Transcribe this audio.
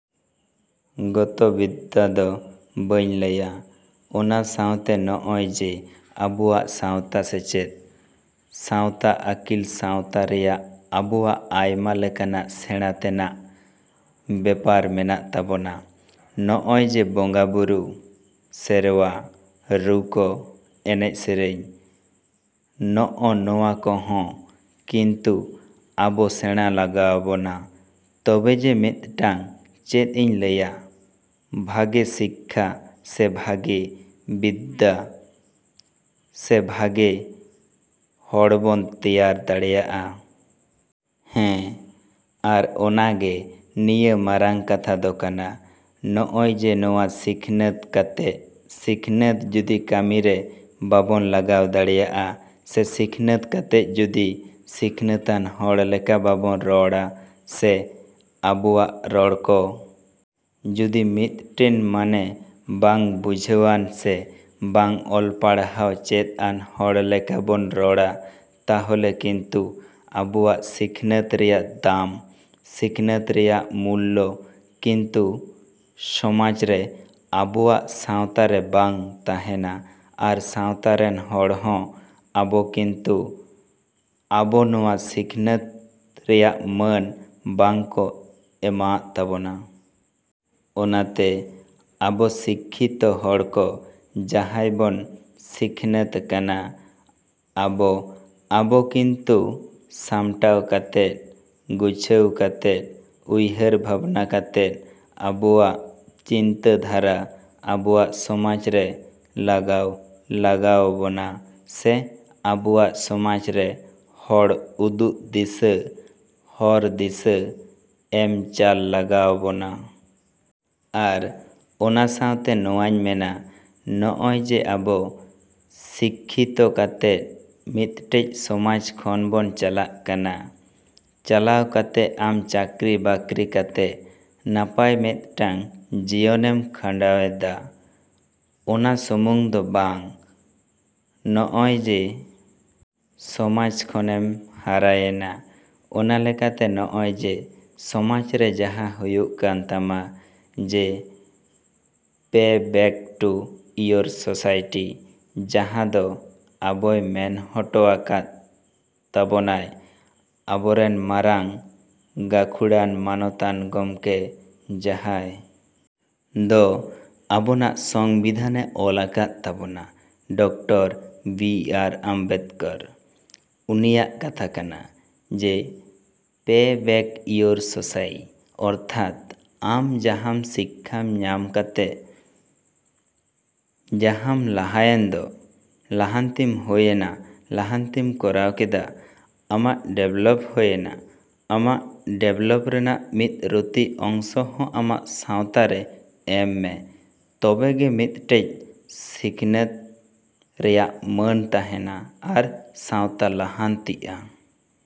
ᱜᱚᱛᱚ ᱵᱤᱫᱽᱫᱟ ᱫᱚ ᱵᱟᱹᱧ ᱞᱟᱹᱭᱟ, ᱚᱱᱟ ᱥᱟᱶᱛᱮ ᱱᱚᱜᱼᱚᱭ ᱡᱮ ᱟᱵᱚᱣᱟᱜ ᱥᱟᱶᱛᱟ ᱥᱮᱪᱮᱫ, ᱥᱟᱶᱛᱟ ᱟᱹᱠᱤᱞ, ᱥᱟᱶᱛᱟ ᱨᱮᱭᱟᱜ ᱟᱵᱚᱣᱟᱜ ᱟᱭᱢᱟ ᱞᱮᱠᱟᱱᱟᱜ ᱥᱮᱸᱬᱟ ᱛᱮᱱᱟᱜ ᱵᱮᱯᱟᱨ ᱢᱮᱱᱟᱜ ᱛᱟᱵᱚᱱᱟ᱾ ᱱᱚᱜᱼᱚᱭ ᱡᱮ ᱵᱚᱸᱜᱟᱼᱵᱩᱨᱩ, ᱥᱮᱨᱣᱟ, ᱨᱩ ᱠᱚ, ᱮᱱᱮᱡ ᱥᱮᱨᱮᱧ, ᱱᱚᱜᱼᱚ ᱱᱚᱣᱟ ᱠᱚᱦᱚᱸ ᱠᱤᱱᱛᱩ ᱟᱵᱚ ᱥᱮᱬᱟ ᱞᱟᱜᱟᱣ ᱵᱚᱱᱟ ᱛᱚᱵᱮ ᱡᱮ ᱢᱤᱫᱴᱤᱱ ᱪᱮᱫ ᱤᱧ ᱞᱟᱹᱭᱟ ᱵᱷᱟᱹᱜᱤ ᱥᱤᱠᱠᱷᱟᱹ ᱥᱮ ᱵᱷᱟᱹᱜᱤ ᱵᱤᱫᱽᱫᱟᱹ ᱥᱮᱵᱷᱟᱜᱮ ᱦᱚᱲᱵᱚᱱ ᱛᱮᱭᱟᱨ ᱫᱟᱲᱮᱭᱟᱜᱼᱟ᱾ ᱦᱮᱸ ᱟᱨ ᱚᱱᱟᱜᱮ ᱱᱤᱭᱟᱹ ᱢᱟᱨᱟᱝ ᱠᱟᱛᱷᱟ ᱫᱚ ᱠᱟᱱᱟ᱾ ᱱᱚᱜᱼᱚᱭ ᱡᱮ ᱱᱚᱣᱟ ᱥᱤᱠᱷᱱᱟᱹᱛ ᱠᱟᱛᱮᱫ ᱥᱤᱠᱷᱱᱟᱹᱛ ᱡᱩᱫᱤ ᱠᱟᱹᱢᱤᱨᱮ ᱵᱟᱵᱚᱱ ᱞᱟᱜᱟᱣ ᱫᱟᱲᱮᱭᱟᱜᱼᱟ ᱥᱮ ᱥᱤᱠᱷᱱᱟᱹᱛ ᱠᱟᱛᱮᱫ ᱡᱩᱫᱤ ᱥᱤᱠᱷᱱᱟᱹᱛ ᱟᱱ ᱦᱚᱲ ᱞᱮᱠᱟ ᱵᱟᱵᱚᱱ ᱨᱚᱲᱟ ᱥᱮ ᱟᱵᱚᱣᱟᱜ ᱨᱚᱲ ᱠᱚ ᱡᱩᱫᱤ ᱢᱤᱫᱴᱤᱱ ᱢᱟᱱᱮ ᱵᱟᱝ ᱵᱩᱡᱷᱟᱹᱣᱟᱱ ᱥᱮ ᱵᱟᱝ ᱚᱞ ᱯᱟᱲᱦᱟᱣ ᱪᱮᱫ ᱟᱱ ᱦᱚᱲ ᱞᱮᱠᱟ ᱵᱚᱱ ᱨᱚᱲᱟ, ᱛᱟᱦᱚᱞᱮ ᱠᱤᱱᱛᱩ ᱟᱵᱚᱣᱟᱜ ᱥᱤᱠᱷᱟᱹᱛ ᱨᱮᱭᱟᱜ ᱫᱟᱢ, ᱥᱤᱠᱱᱟᱹᱛ ᱨᱮᱭᱟᱜ ᱢᱩᱞᱞᱚ ᱠᱤᱱᱛᱩ ᱥᱚᱢᱟᱡᱽ ᱨᱮ, ᱟᱵᱚᱣᱟᱜ ᱥᱟᱶᱛᱟ ᱨᱮ ᱵᱟᱝ ᱛᱟᱦᱮᱱᱟ ᱟᱨ ᱥᱟᱶᱛᱟ ᱨᱮᱱ ᱦᱚᱲ ᱦᱚᱸ ᱟᱵᱚ ᱠᱤᱱᱛᱩ ᱟᱵᱚ ᱱᱚᱣᱟ ᱥᱤᱠᱷᱱᱟᱹᱛ ᱨᱮᱭᱟᱜ ᱢᱟᱹᱱ ᱵᱟᱝ ᱠᱚ ᱮᱢᱟᱜ ᱛᱟᱵᱚᱱᱟ᱾ ᱚᱱᱟᱛᱮ ᱟᱵᱚ ᱥᱤᱠᱠᱷᱤᱛᱚ ᱦᱚᱲ ᱠᱚ ᱡᱟᱦᱟᱭ ᱵᱚᱱ ᱥᱤᱠᱷᱱᱟᱹᱛ ᱠᱟᱱᱟ, ᱟᱵᱚ ᱟᱵᱚ ᱠᱤᱱᱛᱩ ᱥᱟᱢᱴᱟᱣ ᱠᱟᱛᱮ, ᱜᱩᱪᱷᱟᱹᱣ ᱠᱟᱛᱮ, ᱩᱭᱦᱟᱹᱨ ᱵᱷᱟᱵᱽᱱᱟ ᱠᱟᱛᱮᱫ ᱟᱵᱚᱣᱟᱜ ᱪᱤᱱᱛᱟᱹ ᱫᱷᱟᱨᱟ ᱟᱵᱚᱣᱟᱜ ᱥᱚᱢᱟᱡᱽ ᱨᱮ ᱞᱟᱜᱟᱣ ᱞᱟᱜᱟᱣ ᱵᱚᱱᱟ ᱥᱮ ᱟᱵᱚᱣᱟᱜ ᱥᱚᱢᱟᱡᱽ ᱨᱮ ᱦᱚᱲ ᱩᱫᱩᱜ ᱫᱤᱥᱟᱹ, ᱦᱚᱨ ᱫᱤᱥᱟᱹ ᱮᱢ ᱪᱟᱞ ᱞᱟᱜᱟᱣ ᱵᱚᱱᱟ᱾ ᱟᱨ ᱚᱱᱟ ᱥᱟᱶᱛᱮ ᱱᱚᱣᱟᱧ ᱢᱮᱱᱟ, ᱱᱚᱜᱼᱚᱭ ᱡᱮ ᱟᱵᱚ ᱥᱤᱠᱠᱷᱤᱛᱚ ᱠᱟᱛᱮᱫ ᱢᱤᱫᱴᱤᱡ ᱥᱚᱢᱟᱡᱽ ᱠᱷᱚᱱ ᱵᱚᱱ ᱪᱟᱞᱟᱜ ᱠᱟᱱᱟ, ᱪᱟᱞᱟᱣ ᱠᱟᱛᱮᱫ ᱟᱢ ᱪᱟᱹᱠᱨᱤ ᱵᱟᱹᱠᱨᱤ ᱠᱟᱛᱮᱫ ᱱᱟᱯᱟᱭ ᱢᱤᱫᱴᱤᱱ ᱡᱤᱭᱚᱱᱮᱢ ᱠᱷᱟᱸᱱᱰᱟᱣ ᱮᱫᱟ, ᱚᱱᱟ ᱥᱩᱢᱩᱝ ᱫᱚ ᱵᱟᱝ᱾ ᱱᱚᱜᱼᱚᱭ ᱡᱮ ᱥᱚᱢᱟᱡᱽ ᱠᱷᱚᱱ ᱮᱢ ᱦᱟᱨᱟᱭᱮᱱᱟ, ᱚᱱᱟ ᱞᱮᱠᱟᱛᱮ ᱱᱚᱜᱼᱚᱭ ᱡᱮ ᱥᱚᱢᱟᱡᱽ ᱨᱮ ᱡᱟᱦᱟᱸ ᱦᱩᱭᱩᱜ ᱠᱟᱱ ᱛᱟᱢᱟ ᱡᱮ ᱯᱮ ᱵᱮᱠ ᱴᱩ ᱤᱭᱳᱨ ᱥᱳᱥᱟᱭᱴᱤ ᱡᱟᱦᱟᱸ ᱫᱚ ᱟᱵᱚᱭ ᱢᱮᱱ ᱦᱚᱴᱚ ᱟᱠᱟᱫ ᱛᱟᱵᱚᱱᱟᱭ ᱟᱵᱚᱨᱮᱱ ᱢᱟᱨᱟᱝ ᱜᱟᱹᱠᱷᱩᱲᱟᱱ ᱢᱟᱱᱚᱛᱟᱱ ᱜᱚᱢᱠᱮ ᱡᱟᱦᱟᱸᱭ ᱫᱚ ᱟᱵᱚᱱᱟᱜ ᱥᱚᱝᱵᱤᱫᱷᱟᱱᱮ ᱚᱞ ᱟᱠᱟᱫ ᱛᱟᱵᱚᱱᱟ ᱰᱚᱠᱴᱚᱨ ᱵᱤ ᱟᱨ ᱟᱢᱵᱮᱫᱠᱚᱨ, ᱩᱱᱤᱭᱟᱜ ᱠᱟᱛᱷᱟ ᱠᱟᱱᱟ ᱡᱮ ᱯᱮ ᱵᱮᱠ ᱤᱭᱳᱨ ᱥᱳᱥᱟᱭᱤ ᱚᱨᱛᱷᱟᱛ ᱟᱢ ᱡᱟᱦᱟᱸᱢ ᱥᱤᱠᱠᱷᱟ ᱧᱟᱢ ᱠᱟᱛᱮᱫ ᱡᱟᱦᱟᱸᱢ ᱞᱟᱦᱟᱭᱮᱱ ᱫᱚ, ᱞᱟᱦᱟᱱᱛᱤᱢ ᱦᱩᱭ ᱮᱱᱟ, ᱞᱟᱦᱟᱱᱛᱤᱢ ᱠᱚᱨᱟᱣ ᱠᱮᱫᱟ, ᱟᱢᱟᱜ ᱰᱮᱵᱷᱞᱚᱯ ᱦᱩᱭ ᱮᱱᱟ, ᱚᱱᱟ ᱰᱮᱵᱷᱞᱚᱯ ᱨᱮᱱᱟᱜ ᱢᱤᱫ ᱨᱩᱛᱤ ᱚᱝᱥᱚ ᱦᱚᱸ ᱟᱢᱟᱜ ᱥᱟᱶᱛᱟ ᱨᱮ ᱮᱢ ᱢᱮ ᱛᱚᱵᱮᱜᱮ ᱢᱤᱫᱴᱤᱡ ᱥᱤᱠᱷᱱᱟᱹᱛ ᱨᱮᱭᱟᱜ ᱢᱟᱹᱱ ᱛᱟᱦᱮᱱᱟ ᱟᱨ ᱥᱟᱶᱛᱟ ᱞᱟᱦᱟᱱᱛᱤᱜᱼᱟ᱾